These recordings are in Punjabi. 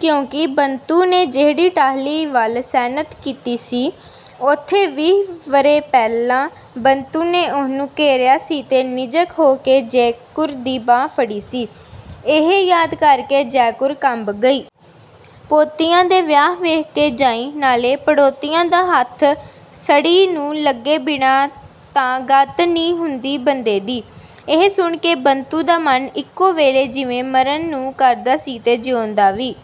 ਕਿੳਂਕਿ ਬੰਤੂ ਨੇ ਜਿਹੜੀ ਟਾਹਲੀ ਵੱਲ ਸੈਨਤ ਕੀਤੀ ਸੀ| ਉੱਥੇ ਤੀਹ ਵਰ੍ਹੇ ਪਹਿਲਾਂ ਬੰਤੂ ਨੇ ਉਹਨੂੰ ਘੇਰਿਆ ਸੀ ਤੇ ਨਿਝੱਕ ਹੋ ਕੇ ਜੈਕੁਰ ਦੀ ਬਾਂਹ ਫੜੀ ਸੀ। ਇਹ ਯਾਦ ਕਰਕੇ ਜੈਕੁਰ ਕੰਬ ਗਈ। ਪੋਤਿਆਂ ਦੇ ਵਿਆਹ ਵੇਖ ਕੇ ਜਾਈਂ, ਨਾਲੇ ਪੜੋਤਿਆਂ ਦਾ ਹੱਥ ਸਿੜ੍ਹੀ ਨੂੰ ਲੱਗੇ ਬਿਨਾਂ ਤਾਂ ਗਤ ਨ੍ਹੀਂ ਹੁੰਦੀ ਬੰਦੇ ਦੀ। ਇਹ ਸੁਣ ਕੇ ਬੰਤੂ ਦਾ ਮਨ ਇੱਕੋ ਵੇਲੇ ਜਿਵੇਂ ਮਰਨ ਨੂੰ ਕਰਦਾ ਸੀ ਤੇ ਜੀਉਣ ਦਾ ਵੀ।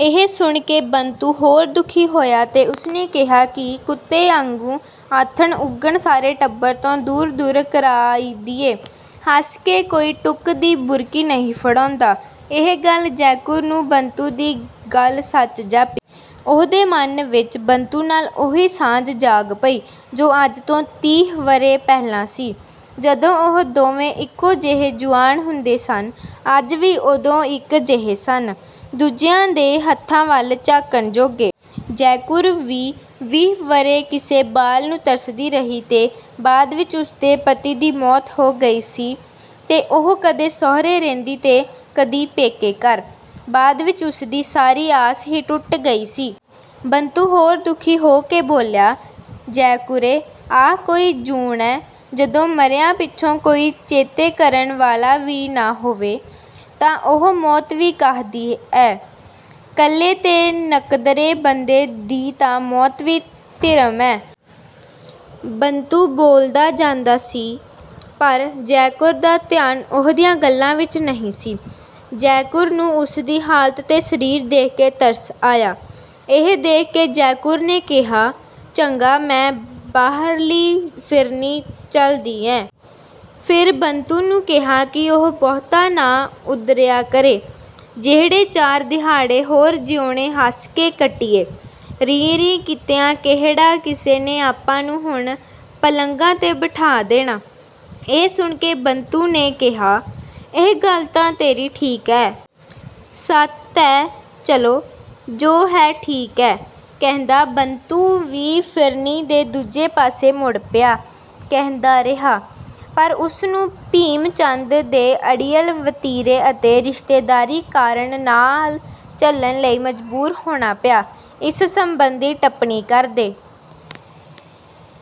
ਇਹ ਸੁਣ ਕੇ ਬੰਤੂ ਹੋਰ ਦੁੱਖੀ ਹੋਇਆ ਤੇ ਉਸਨੇ ਕਿਹਾ ਕਿ ਕੁੱਤੇ ਆਂਗੂੰ ਆਥਣ ਉਗਣ ਸਾਰੇ ਟੱਬਰ ਤੋਂ ਦੂਰ-ਦੂਰ ਕਰਾਈਦੀਐ। ਹੱਸ ਕੇ ਕੋਈ ਟੁੱਕ ਦੀ ਬੁਰਕੀ ਨ੍ਹੀ ਫੜੌਂਦਾ। ਇਹ ਗੱਲ ਜੈਕੁਰ ਨੂੰ ਬੰਤੂ ਦੀ ਗੱਲ ਸੱਚ ਜਾਪੀ। ਉਹਦੇ ਮਨ ਵਿੱਚ ਬੰਤੂ ਨਾਲ ਉਹੀ ਸਾਂਝ ਜਾਗ ਪਈ, ਜੋ ਅੱਜ ਤੋਂ ਤੀਹ ਵਰ੍ਹੇ ਪਹਿਲਾਂ ਸੀ। ਜਦੋਂ ਉਹ ਦੋਵੇਂ ਇੱਕੋ ਜਿਹੇ ਜੁਆਨ ਹੁੰਦੇ ਸਨ। ਅੱਜ ਵੀ ਦੋਏਂ ਇੱਕ ਜਿਹੇ ਸਨ| ਦੂਜਿਆ ਦੇ ਹੱਥਾਂ ਵੱਲ ਝਾਕਣ ਜੋਗੇ। ਜੈਕੁਰ ਵੀ ਵੀਹ ਵਰ੍ਹੇ ਕਿਸੇ ਬਾਲ ਨੂੰ ਤਰਸਦੀ ਰਹੀ ਤੇ ਬਾਅਦ ਵਿੱਚ ਉਸਦੇ ਪਤੀ ਦੀ ਮੌਤ ਹੋ ਗਈ ਸੀ ਤੇ ਉਹ ਕਦੇ ਸਹੁਰੇ ਰਹਿੰਦੀ ਤੇ ਕਦੀ ਪੇਕੇ ਘਰ। ਬਾਅਦ ਵਿੱਚ ਉਸਦੀ ਸਾਰੀ ਆਸ ਹੀ ਟੁੱਟ ਗਈ ਸੀ। ਬੰਤੂ ਹੋਰ ਦੁੱਖੀ ਹੋ ਕੇ ਬੋਲਿਆ, ਜੈਕੁਰੇ ਆਹ ਕੋਈ ਜੂਨ ਐ। ਜਦੋਂ ਮਰਿਆਂ ਪਿੱਛੋਂ ਕੋਈ ਚੇਤੇ ਕਰਨ ਵਾਲਾ ਵੀ ਨਾ ਹੋਵੇ, ਤਾਂ ਉਹ ਮੌਤ ਵੀ ਕਾਹਦੀ ਐ।... ਕੱਲੇ ਤੇ ਨਕਦਰੇ ਬੰਦੇ ਦੀ ਤਾਂ ਮੌਤ ਵੀ ਧਿਰਮ ਐ। ਬੰਤੂ ਬੋਲਦਾ ਜਾਂਦਾ ਸੀ, ਪਰ ਜੈਕੁਰ ਦਾ ਧਿਆਨ ਉਹਦੀਆਂ ਗੱਲਾਂ ਵਿੱਚ ਨਹੀਂ ਸੀ। ਜੈਕੁਰ ਨੂੰ ਉਸਦੀ ਹਾਲਤ ਤੇ ਸਰੀਰ ਦੇਖ ਕੇ ਤਰਸ ਆਇਆ। ਇਹ ਦੇਖ ਕੇ ਜੈਕੁਰ ਨੇ ਕਿਹਾ, ਚੰਗਾ ਮੈਂ ਬਾਹਰਲੀ ਫਿਰਨੀ ਚਲਦੀ ਐ। ਫਿਰ ਬੰਤੂ ਨੂੰ ਕਿਹਾ ਕਿ ਉਹ ਬਹੁਤਾ ਨਾ ਉਦਰਿਆ ਕਰੇ। ਜਿਹੜੇ ਚਾਰ ਦਿਹਾੜੇ ਹੋਰ ਜੀਉਣੇ ਹੱਸ ਕੇ ਕੱਟੀਏ, ਰੀਂ-ਰੀਂ ਕੀਤੀਆਂ ਕਿਹੜਾ ਕਿਸੇ ਨੇ ਆਪਾਂ ਨੂੰ ਹੁਣ ਪਲੰਘਾਂ ਤੇ ਬਠਾ ਦੇਣਾ। ਇਹ ਸੁਣ ਕੇ ਬੰਤੂ ਨੇ ਕਿਹਾ, ਇਹ ਗੱਲ ਤਾਂ ਤੇਰੀ ਠੀਕ ਐ। ਸੱਤ ਐ। ਚੱਲੋ, ਜੋ ਹੈ ਠੀਕ ਐ। ਕਹਿੰਦਾ ਬੰਤੂ ਵੀ ਫਿਰਨੀ ਦੇ ਦੂਜੇ ਪਾਸੇ ਮੁੜ ਪਿਆ। ਕਹਿੰਦਾ ਰਿਹਾ। ਪਰ ਉਸ ਨੂੰ ਭੀਮ ਚੰਦ ਦੇ ਅੜੀਅਲ ਵਤੀਰੇ ਅਤੇ ਰਿਸ਼ਤੇਦਾਰੀ ਕਾਰਨ ਨਾਲ ਚੱਲਣ ਲਈ ਮਜਬੂਰ ਹੋਣਾ ਪਿਆ। ਇਸ ਸੰਬੰਧੀ ਟਿੱਪਣੀ ਕਰਦੇ